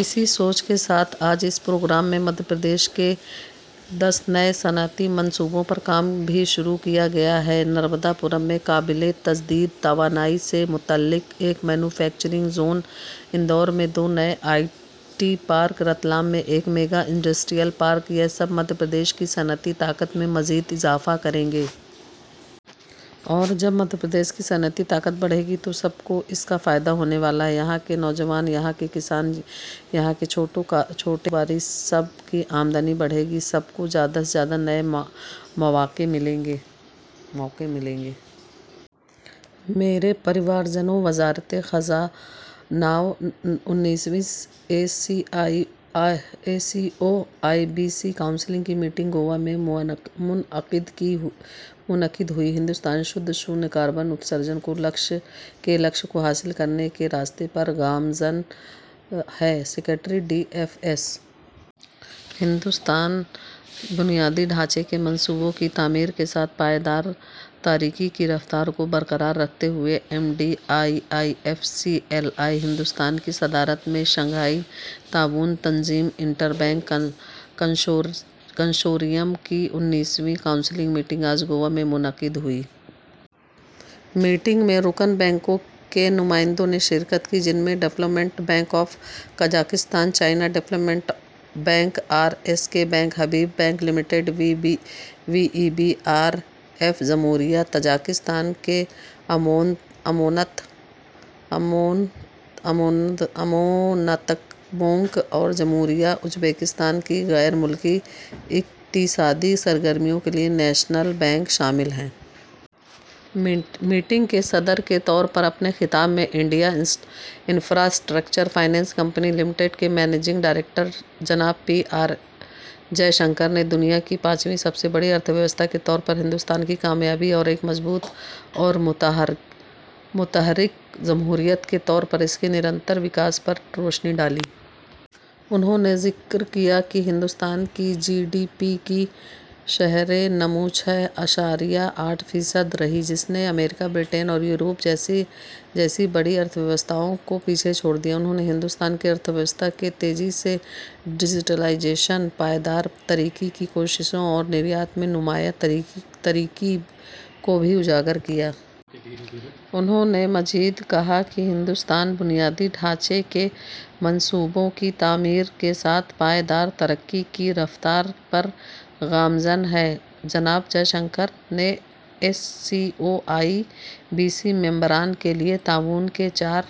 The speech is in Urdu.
اسی سوچ کے ساتھ آج اس پروگرام میں مدھیہ پردیش کے دس نئے صنعتی منصوبوں پر کام بھی شروع کیا گیا ہے۔ نرمداپورم میں قابل تجدید توانائی سے متعلق ایک مینوفیکچرنگ زون، اندور میں دو نئے آئی ٹی پارکس، رتلام میں ایک میگا انڈسٹریل پارک، یہ سب مدھیہ پردیش کی صنعتی طاقت میں مزید اضافہ کریں گے۔ اور جب مدھیہ پردیش کی صنعتی طاقت بڑھے گی تو سب کو اس کا فائدہ ہونے والا ہے۔ یہاں کے نوجوان، یہاں کے کسان، یہاں کے چھوٹے کاروباری، سب کی آمدنی بڑھے گی، سب کو زیادہ سے زیادہ نئے مواقع ملیں گے۔ میرے پریوارجنو! وزارت خزانہ انیسویں S C O I B C council کی میٹنگ گوا میں منعقد ہوئی۔ ہندوستان تک خالص صفر کاربن کے اخراج کے ہدف کو حاصل کرنے کے راستے پر گامزن ہے: secretary, D F S. Hindustan بنیادی ڈھانچے کے منصوبوں کی تعمیر کے ساتھ پائیدار ترقی کی رفتار کو برقرار رکھے ہوئے ہے: M D, I I F C L. Hindustan کی صدارت میں شنگھائی تعاون تنظیم انٹربینک کنسورشیم کی انیسویں کونسل میٹنگ آج گوا میں منعقد ہوئی۔ میٹنگ میں رکن بینکوں کے نمائندوں نے شرکت کی، جن میں development bank of Kazakhstan, China development bank, R S K bank, Habib bank limited, V E B, R F, جمہوریہ تاجکستان کے سیونگ بینک اموناتبونک، اور جمہوریہ ازبکستان کی غیر ملکی اقتصادی سرگرمیوں کے لیے نیشنل بینک شامل ہیں۔ میٹنگ کے صدر کے طور پر اپنے خطاب میں، India infrastructure finance company limited کے منیجنگ ڈائریکٹر جناب پی آر جے شنکر نے دنیا کی پانچویں سب سے بڑی معیشت کے طور پر ہندوستان کی کامیابیوں اور ایک مضبوط اور متحرک جمہوریت کے طور پر اس کے مسلسل عروج پر روشنی ڈالی۔ انہوں نے ذکر کیا کہ ہندوستان کی جی ڈی پی کی شرح نمو چھ اعشاریہ آٹھ فیصد رہی، جس نے امریکہ، برطانیہ اور یورپ جیسی بڑی معیشتوں کو پیچھے چھوڑ دیا۔ انہوں نے ہندوستان کی معیشت کے تیزی سے ڈیجیٹلائزیشن، پائیدار ترقی کی کوششوں اور برآمدات میں نمایاں ترقی کو بھی اجاگر کیا۔ انہوں نے مزید کہا کہ ہندوستان بنیادی ڈھانچے کے منصوبوں کی تعمیر کے ساتھ پائیدار ترقی کی رفتار پر گامزن ہے۔ جناب جے شنکر نے S C O I B سی ممبران کے لیے تعاون کے چار